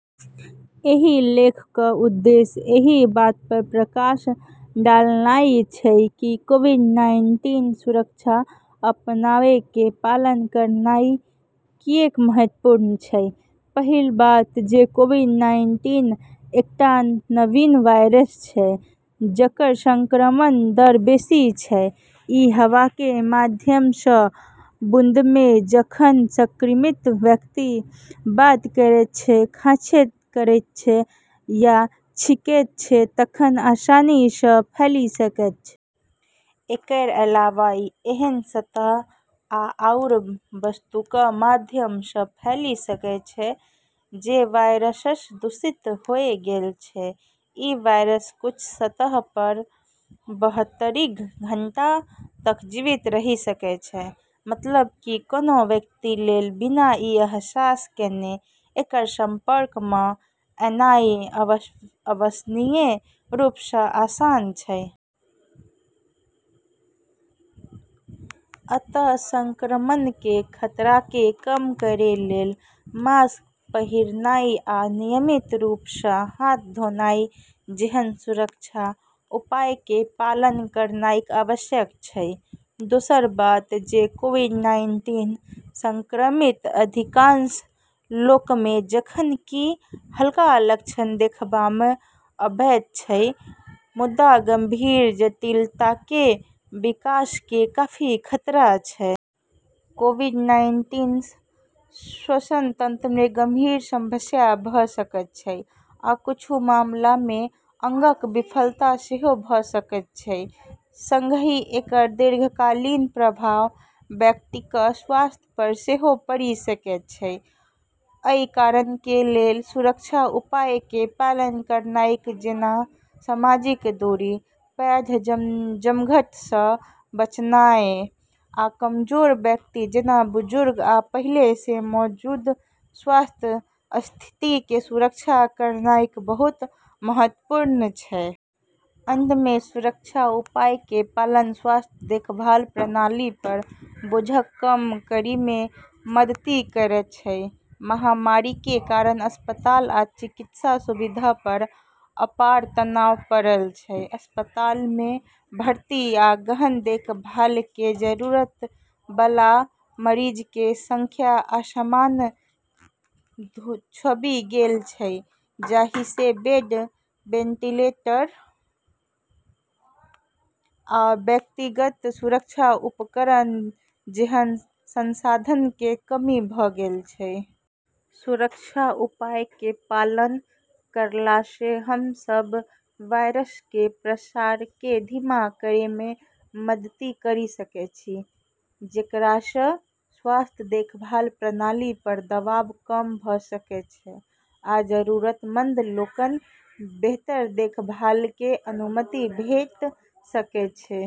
एहि लेख क' उद्देश्य एहि बात पर प्रकाश डालनाइ छै कि कोविड-नाइन्टीन सुरक्षा उपायके पालन करनाइ किएक महत्वपूर्ण छै। पहिल बात जे कोविड-नाइन्टीन एकटा नवीन वायरस अछि जकर संक्रमण दर बेसी अछि। ई हवाके माध्यमसँ, बूंदमे, जखन संक्रमित व्यक्ति बात करैत छै, खांसी करैत छै या छींकैत छै तखन आसानीसँ फैलि सकै छै । एकर अलावा ई एहन सतह आओर वस्तुके माध्यमसँ फैलि सकै छै जे वायरससँ दूषित होइ गेल छै। ई वायरस किछ सतहऽ पर बहत्तरि घंटा तक जीवित रहि सकै छै, मतलब कि कोनो व्यक्ति लेल बिना ई अहसास केने एकर संपर्कमे एनाइ अविश्वसनीय रूपसँ आसान छै। अत: संक्रमणके खतराके कम करै लेल मास्क पहिरनाइ आ नियमित रूपसँ हाथ धोनाइ जेहन सुरक्षा उपायके पालन करनाइ आवश्यक छै । दोसर बात जे कोविड-नाइन्टीन संक्रमित अधिकांश लोकमे जखन कि हल्का लक्षण देखबामे अबैत अछि, मुदा गंभीर जटिलताके विकासके काफी खतरा अछि । कोविड-नाइन्टीनसँ श्वसन तंत्रमे गंभीर समस्या भ' सकैत अछि, आ किछु मामलामे अंगक विफलता सेहो भ' सकैत अछि। संगहि, एकर दीर्घकालिक प्रभाव व्यक्तिक स्वास्थ्य पर सेहो पड़ि सकैत अछि। अइ कारणके लेल सुरक्षा उपायके पालन करनाइ जेना सामाजिक दूरी, पैघ जमघट सँ बचनाय, आ कमजोर व्यक्ति जेना बुजुर्ग आ पहिले सँ मौजूद स्वास्थ्य स्थितिके सुरक्षा करनाइ बहुत महत्वपूर्ण छै । अंतमे, सुरक्षा उपायके पालन स्वास्थ्य देखभाल प्रणाली पर बोझक कम करैमे मदति करैत छै । महामारीके कारण अस्पताल आ चिकित्सा सुविधा पर अपार तनाव पड़ल अछि। अस्पतालमे भर्ती आ गहन देखभालके जरूरतबला मरीजके संख्या आसमान छूबि गेल अछि, जाहिसँ बेड, वेंटिलेटर, आ व्यक्तिगत सुरक्षा उपकरण जेहन संसाधनके कमी भ' गेल अछि । सुरक्षा उपायके पालन करलासँ हमसब वायरसकेँ प्रसारकेँ धीमा करेमे मदति करि सकै छी, जेकरासँ स्वास्थ्य देखभाल प्रणाली पर दबाव कम भ' सकै छै आ जरूरतमंद लोकक बेहतर देखभालकें अनुमति भेट सकै छै ।